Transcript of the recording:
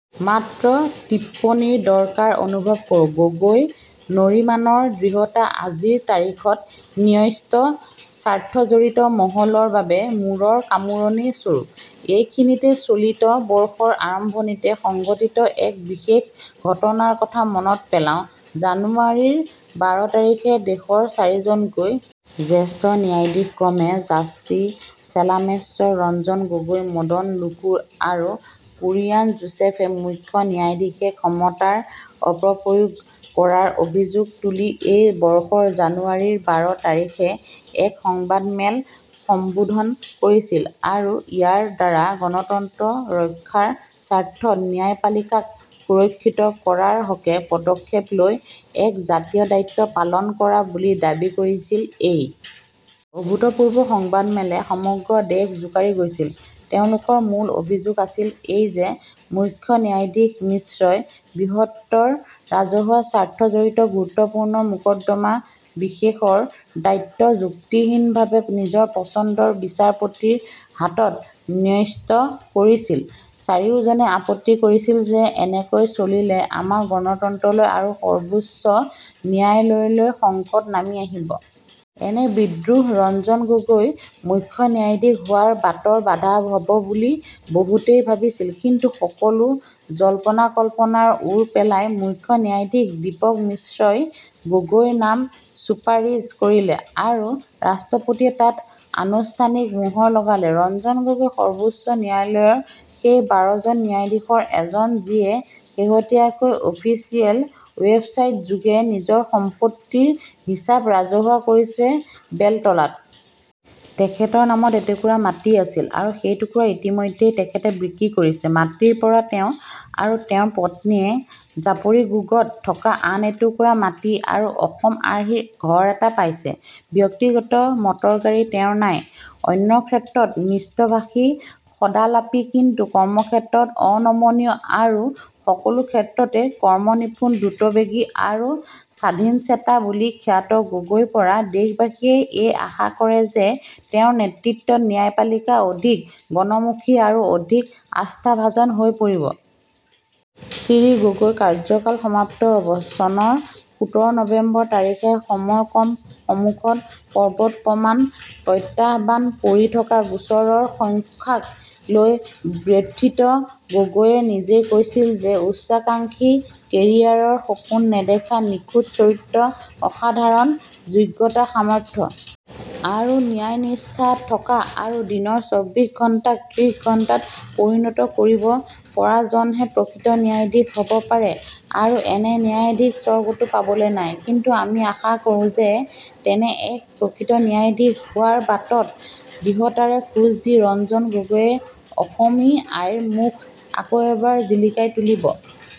মাত্ৰ টিপ্পনীৰ দৰকাৰ অনুভৱ কৰোঁ। গগৈ নৰিমানৰ দৃঢ়তা আজিৰ তাৰিখত ন্যস্ত স্বাৰ্থজড়িত মহলৰ বাবে মূৰৰ কামোৰনি স্বৰূপ। এইখিনিতে চলিত বৰ্ষৰ আৰম্ভণিতে সংঘটিত এক বিশেষ ঘটনাৰ কথা মনত পেলাওঁ, জানুৱাৰিৰ বাৰ তাৰিখে দেশৰ চাৰিজনকৈ জ্যেষ্ঠ ন্যায়াধীশ ক্ৰমে জাষ্টি চেলামেশ্বৰ, ৰঞ্জন গগৈ, মদন লোকুৰ আৰু কুৰিয়ান জোচেফে মুখ্য ন্যায়াধীশে ক্ষমতাৰ অপপ্ৰয়োগ কৰাৰ অভিযোগ তুলি এই বৰ্ষৰ জানুৱাৰিৰ বাৰ তাৰিখে এক সংবাদমেল সম্বোধন কৰিছিল আৰু ইয়াৰ দ্বাৰা গণতন্ত্ৰ ৰক্ষাৰ স্বাৰ্থত ন্যায়পালিকাক সুৰক্ষিত কৰাৰ হকে পদক্ষেপ লৈ এক জাতীয় দায়িত্ব পালন কৰা বুলি দাবী কৰিছিল।‌এই অভূতপূৰ্ব সংবাদমেলে সমগ্ৰ দেশ জোকাৰি গৈছিল। তেওঁলোকৰ মূল অভিযোগ আছিল এই যে মুখ্য ন্যায়াধীশ মিশ্ৰই বৃ্হত্তৰ ৰাজহুৱা স্বাৰ্থজড়িত গুৰুত্বপূৰ্ণ মোকদৰ্মা বিশেষৰ দায়িত্ব যুক্তিহীনভাৱে নিজৰ পচন্দৰ বিচাৰপতিৰ হাতত ন্যস্ত কৰিছিল। চাৰিওজনে আপত্তি কৰিছিল যে এনেকৈ চলিলে আমাৰ গণতন্ত্ৰলৈ আৰু সৰ্বোচ্চ ন্যায়ালয়লৈ সংকট নামি আহিব। এনে বিদ্ৰোহ ৰঞ্জন গগৈ মুখ্য ন্যায়াধীশ হোৱাৰ বাটৰ বাধা হব বুলি বহুতেই ভাবিছিল কিন্তু সকলো জল্পনাকল্পনাৰ ওৰ পেলাই মুখ্য ন্যায়াধীশ দীপক মিশ্ৰই গগৈৰ নাম চুপাৰিছ কৰিলে আৰু ৰাষ্ট্ৰপতিয়ে তাত আনুষ্ঠানিক মোহৰ লগালে। ৰঞ্জন গগৈ সৰ্বোচ্চ ন্যায়ালয়ৰ সেই বাৰজন ন্যায়াধীশৰ এজন, যিয়ে শেহতীয়াকৈ অফিচিয়েল ৱেবছাইট্ যোগে নিজৰ সম্পত্তিৰ হিচাপ ৰাজহুৱা কৰিছে।‌বেলতলাত তেখেতৰ নামত এটুকুৰা মাটি আছিল আৰু সেইটুকুৰা ইতিমধ্যেই তেখেতে বিক্ৰী কৰিছে।‌ মাতৃৰ পৰা তেওঁ আৰু তেওঁৰ পত্নীয়ে জাপৰিগোগত থকা আন এটুকুৰা মাটি আৰু অসম আৰ্হিৰ ঘৰ এটা পাইছে। ব্যক্তিগত মটৰগাড়ী তেওঁৰ নাই। অন্যক্ষেত্ৰত মিষ্টভাষী সদালাপী কিন্তু কৰ্মক্ষেত্ৰত অনমনীয় আৰু সকলো ক্ষেত্ৰতে কৰ্মনিপুণ দ্ৰুতবেগী আৰু স্বাধীনচেতা বুলি খ্যাত গগৈৰ পৰা দেশবাসীয়ে এই আশা কৰে যে তেওঁৰ নেতৃত্বত ন্যায়পালিকা অধিক গণমুখী আৰু অধিক আস্থাভাজন হৈ পৰিব। শ্ৰী গগৈৰ কাৰ্যকাল সমাপ্ত হব চনৰ সোতৰ নৱেম্বৰ তাৰিখে। সময় কম সমুখত পৰ্বতপ্ৰমাণ প্ৰত্যাহ্বান পৰি থকা গোচৰৰ সংখ্যাক লৈ ব্যথিত গগৈয়ে নিজেই কৈছিল যে, উচ্চাকাংক্ষী কেৰিয়াৰৰ সপোন নেদেখা নিখুঁত চৰিত্ৰ অসাধাৰণ যোগ্যতা সামৰ্থ্য আৰু ন্যায়নিষ্ঠা থকা আৰু দিনৰ চব্বিশ ঘণ্টাক ত্ৰিশ ঘণ্টাত পৰিণত কৰিব পৰাজনহে প্ৰকৃত ন্যায়াধীশ হব পাৰে আৰু এনে ন্যায়াধীশ স্বৰ্গতো পাবলৈ নাই কিন্তু আমি আশা কৰোঁ যে তেনে এক প্ৰকৃত ন্যায়াধীশ হোৱাৰ বাটত দৃঢ়তাৰে খোজ দি ৰঞ্জন গগৈয়ে অসমী আইৰ মুখ আকৌ এবাৰ জিলিকাই তুলিব।